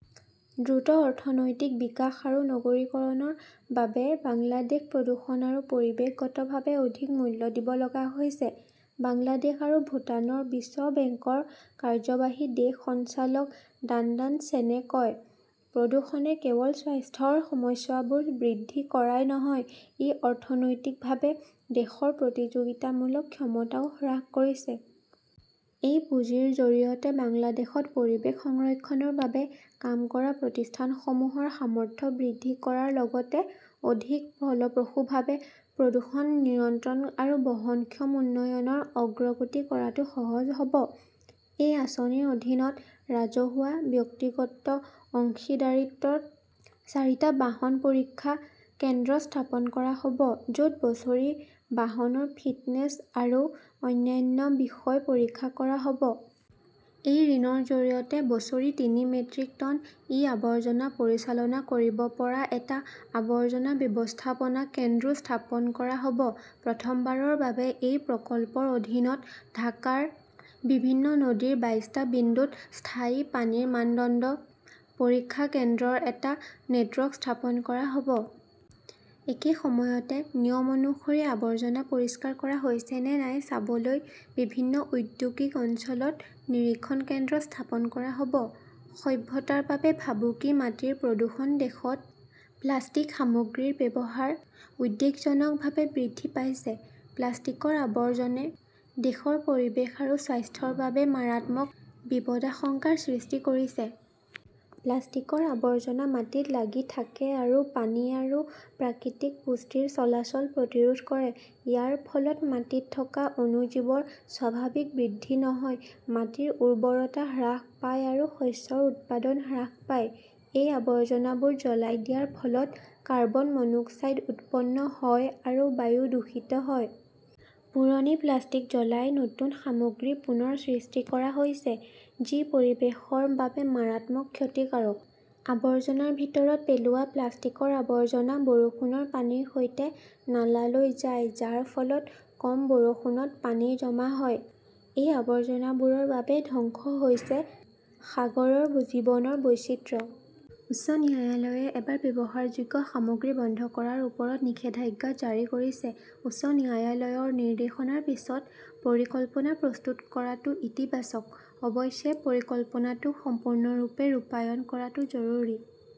দ্ৰুত অৰ্থনৈতিক বিকাশ আৰু নগৰীকৰণৰ বাবে বাংলাদেশ প্ৰদূষণ আৰু পৰিৱেশগতভাৱে অধিক মূল্য দিব লগা হৈছে, বাংলাদেশ আৰু ভূটানৰ বিশ্ব বেংকৰ কাৰ্যবাহী দেশ সঞ্চালক ডাণ্ডান চেনে কয়। প্ৰদূষণে কেৱল স্বাস্থ্যৰ সমস্যাবোৰ বৃদ্ধি কৰাই নহয়, ই অৰ্থনৈতিকভাৱে দেশৰ প্ৰতিযোগিতামূলক ক্ষমতাও হ্ৰাস কৰিছে। এই পুঁজিৰ জৰিয়তে বাংলাদেশত পৰিৱেশ সংৰক্ষণৰ বাবে কাম কৰা প্ৰতিষ্ঠানসমূহৰ সামৰ্থ্য বৃদ্ধি কৰাৰ লগতে অধিক ফলপ্ৰসূভাৱে প্ৰদূষণ নিয়ন্ত্ৰণ আৰু বহনক্ষম উন্নয়নৰ অগ্ৰগতি কৰাটো সহজ হ'ব। এই আঁচনিৰ অধীনত ৰাজহুৱা, ব্যক্তিগত অংশীদাৰিত্বত চাৰিটা বাহন পৰীক্ষা কেন্দ্ৰ স্থাপন কৰা হ'ব, য'ত বছৰি বাহনৰ ফিটনেছ আৰু অন্যান্য বিষয় পৰীক্ষা কৰা হ'ব। এই ঋণৰ জৰিয়তে বছৰি তিনি মেট্ৰিক টন ই-আৱৰ্জনা পৰিচালনা কৰিব পৰা এটা আৱৰ্জনা ব্যৱস্থাপনা কেন্দ্ৰো স্থাপন কৰা হ'ব। প্ৰথমবাৰৰ বাবে এই প্ৰকল্পৰ অধীনত ঢাকাৰ বিভিন্ন নদীৰ বাইছটা বিন্দুত স্থায়ী পানীৰ মানদণ্ড পৰীক্ষা কেন্দ্ৰৰ এটা নেটৱৰ্ক স্থাপন কৰা হ ব। একে সময়তে, নিয়ম অনুসৰি আৱৰ্জনা পৰিষ্কাৰ কৰা হৈছে নে নাই চাবলৈ বিভিন্ন ঔদ্যোগিক অঞ্চলত নিৰীক্ষণ কেন্দ্ৰ স্থাপন কৰা হ'ব। সভ্যতাৰ বাবে ভাবুকি মাটিৰ প্ৰদূষণ দেশত প্লাষ্টিক সামগ্ৰীৰ ব্যৱহাৰ উদ্বেগজনকভাৱে বৃদ্ধি পাইছে। প্লাষ্টিকৰ আৱৰ্জনে দেশৰ পৰিৱেশ আৰু স্বাস্থ্যৰ বাবে মাৰাত্মক বিপদাশংকাৰ সৃষ্টি কৰিছে। প্লাষ্টিকৰ আৱৰ্জনা মাটিত লাগি থাকে আৰু পানী আৰু প্ৰাকৃতিক পুষ্টিৰ চলাচল প্ৰতিৰোধ কৰে। ইয়াৰ ফলত মাটিত থকা অণুজীৱৰ স্বাভাৱিক বৃদ্ধি নহয়, মাটিৰ উৰ্বৰতা হ্ৰাস পায় আৰু শস্যৰ উৎপাদন হ্ৰাস পায়। এই আৱৰ্জনাবোৰ জ্বলাই দিয়াৰ ফলত কাৰ্বন-মনোক্সাইড উৎপন্ন হয় আৰু বায়ু দূষিত হয়। পুৰণি প্লাষ্টিক জ্বলাই নতুন সামগ্ৰী পুনৰ সৃষ্টি কৰা হৈছে, যি পৰিৱেশৰ বাবে মাৰাত্মক ক্ষতিকাৰক। আৱৰ্জনাৰ ভিতৰত পেলোৱা প্লাষ্টিকৰ আৱৰ্জনা বৰষুণৰ পানীৰ সৈতে নালালৈ যায়, যাৰ ফলত কম বৰষুণত পানী জমা হয়। এই আৱৰ্জনাবোৰৰ বাবে ধ্বংস হৈছে সাগৰৰ জীৱনৰ বৈচিত্ৰ্য। উচ্চ ন্যায়ালয়ে এবাৰ ব্যৱহাৰযোগ্য সামগ্ৰী বন্ধ কৰাৰ ওপৰত নিষেধাজ্ঞা জাৰি কৰিছে। উচ্চ ন্যায়ালয়ৰ নিৰ্দেশনাৰ পিছত পৰিকল্পনা প্ৰস্তুত কৰাটো ইতিবাচক। অৱশ্যে, পৰিকল্পনাটো সম্পূৰ্ণৰূপে ৰূপায়ণ কৰাটো জৰুৰী।